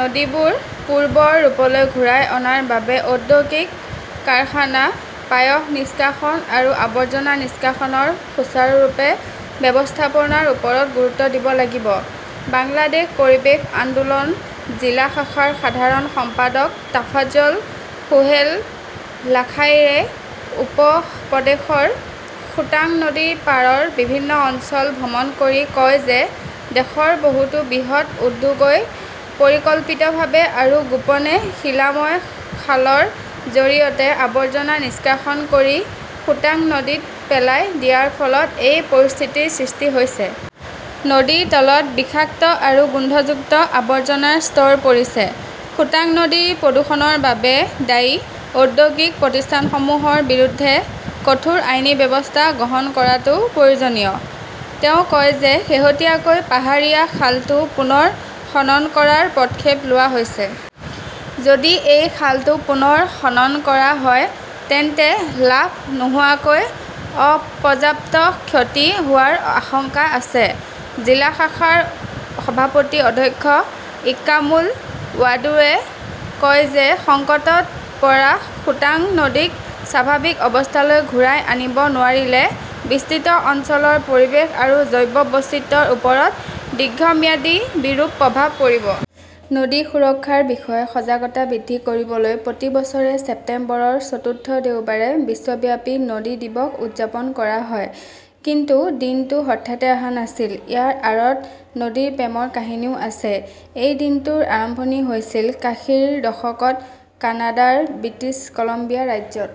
নদীবোৰ পূৰ্বৰ ৰূপলৈ ঘূৰাই অনাৰ বাবে ঔদ্যোগিক কাৰখানা, পায়ঃনিষ্কাশন আৰু আৱৰ্জনা নিষ্কাশনৰ সুচাৰুৰূপে ব্যৱস্থাপনাৰ ওপৰত গুৰুত্ব দিব লাগিব। বাংলাদেশ পৰিৱেশ আন্দোলন জিলা শাখাৰ সাধাৰণ সম্পাদক টফাজ্জল সোহেল লাখাইয়ে উপ-প্ৰদেশত সুতাং নদীৰ পাৰৰ বিভিন্ন অঞ্চল ভ্ৰমণ কৰি কয় যে, দেশৰ বহুতো বৃহৎ উদ্যোগই পৰিকল্পিতভাৱে আৰু গোপনে শিলাময় খালৰ জৰিয়তে আৱৰ্জনা নিষ্কাশন কৰি সুতাং নদীত পেলাই দিয়াৰ ফলত এই পৰিস্থিতিৰ সৃষ্টি হৈছে। নদীৰ তলত বিষাক্ত আৰু গোন্ধযুক্ত আৱৰ্জনাৰ স্তৰ পৰিছে। সুতাং নদীৰ প্ৰদূষণৰ বাবে দায়ী ঔদ্যোগিক প্ৰতিষ্ঠানসমূহৰ বিৰুদ্ধে কঠোৰ আইনী ব্যৱস্থা গ্ৰহণ কৰাটো প্ৰয়োজনীয়। তেওঁ কয় যে শেহতীয়াকৈ পাহাৰীয়া খালটো পুনৰ খনন কৰাৰ পদক্ষেপ লোৱা হৈছে। যদি এই খালটো পুনৰ খনন কৰা হয়, তেন্তে লাভ নোহোৱাকৈ অপৰ্যাপ্ত ক্ষতি হোৱাৰ আশংকা আছে। জিলা শাখাৰ সভাপতি অধ্যক্ষ ইক্ৰামুল ৱাদুদে কয় যে, সংকটত পৰা সুতাং নদীক স্বাভাৱিক অৱস্থালৈ ঘূৰাই আনিব নোৱাৰিলে বিস্তৃত অঞ্চলৰ পৰিৱেশ আৰু জৈৱ বৈচিত্ৰ্যৰ ওপৰত দীৰ্ঘম্যাদী বিৰূপ প্ৰভাৱ পৰিব। নদী সুৰক্ষাৰ বিষয়ে সজাগতা বৃদ্ধি কৰিবলৈ প্ৰতি বছৰে ছেপ্টেম্বৰৰ চতুৰ্থ দেওবাৰে বিশ্বব্যাপী নদী দিৱস উদযাপন কৰা হয়। কিন্তু দিনটো হঠাতে অহা নাছিল। ইয়াৰ আঁৰত নদীৰ প্ৰেমৰ কাহিনীও আছে। এই দিনটোৰ আৰম্ভণি হৈছিল, কাশীৰ দশকত কানাডাৰ ব্ৰিটিছ কলম্বিয়া ৰাজ্যত।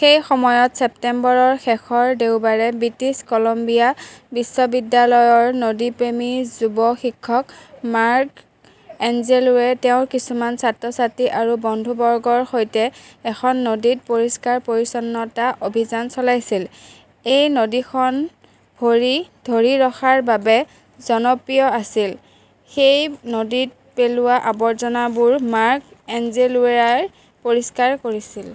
সেই সময়ৰ ছেপ্টেম্বৰৰ শেষৰ দেওবাৰে ব্ৰিটিছ কলম্বিয়া বিশ্ববিদ্যালয়ৰ নদীপ্ৰেমী যুৱ শিক্ষক মাৰ্ক এঞ্জেলোৱে তেওঁৰ কিছুমান ছাত্ৰ-ছাত্ৰী আৰু বন্ধুবৰ্গৰ সৈতে এখন নদীত পৰিষ্কাৰ-পৰিচ্ছন্নতা অভিযান চলাইছিল। এই নদীখন ভৰি, ধৰি ৰখাৰ বাবে জনপ্ৰিয় আছিল। সেই নদীত পেলোৱা আৱৰ্জনাবোৰ মাৰ্ক এঞ্জেলোৰাই পৰিষ্কাৰ কৰিছিল।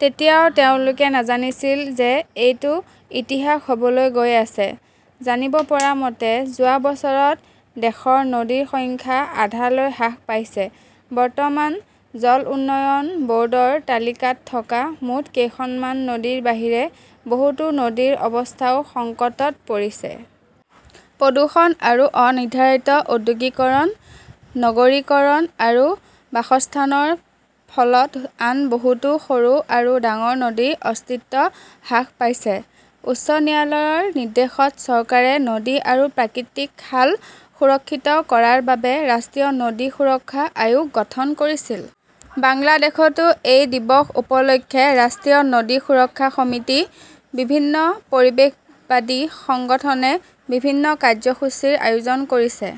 তেতিয়াও তেওঁলোকে নাজানিছিল যে এইটো ইতিহাস হ'বলৈ গৈ আছে। জানিব পৰা মতে, যোৱা বছৰত দেশৰ নদীৰ সংখ্যা আধালৈ হ্ৰাস পাইছে। বৰ্তমান জল উন্নয়ন ব'ৰ্ডৰ তালিকাত থকা মুঠ কেইখনমান নদীৰ বাহিৰে বহুতো নদীৰ অৱস্থাও সংকটত পৰিছে। প্ৰদূষণ আৰু অ-নিৰ্ধাৰিত ঔদ্যোগিকৰণ, নগৰীকৰণ আৰু বাসস্থানৰ ফলত আন বহুতো সৰু আৰু ডাঙৰ নদীৰ অস্তিত্ব হ্ৰাস পাইছে। উচ্চ ন্যায়ালয়ৰ নিৰ্দেশত চৰকাৰে নদী আৰু প্ৰাকৃতিক খাল সুৰক্ষিত কৰাৰ বাবে ৰাষ্ট্ৰীয় নদী সুৰক্ষা আয়োগ গঠন কৰিছিল। বাংলাদেশতো এই দিৱস উপলক্ষে ৰাষ্ট্ৰীয় নদী সুৰক্ষা সমিতি, বিভিন্ন পৰিৱেশবাদী সংগঠনে বিভিন্ন কাৰ্যসূচীৰ আয়োজন কৰিছে।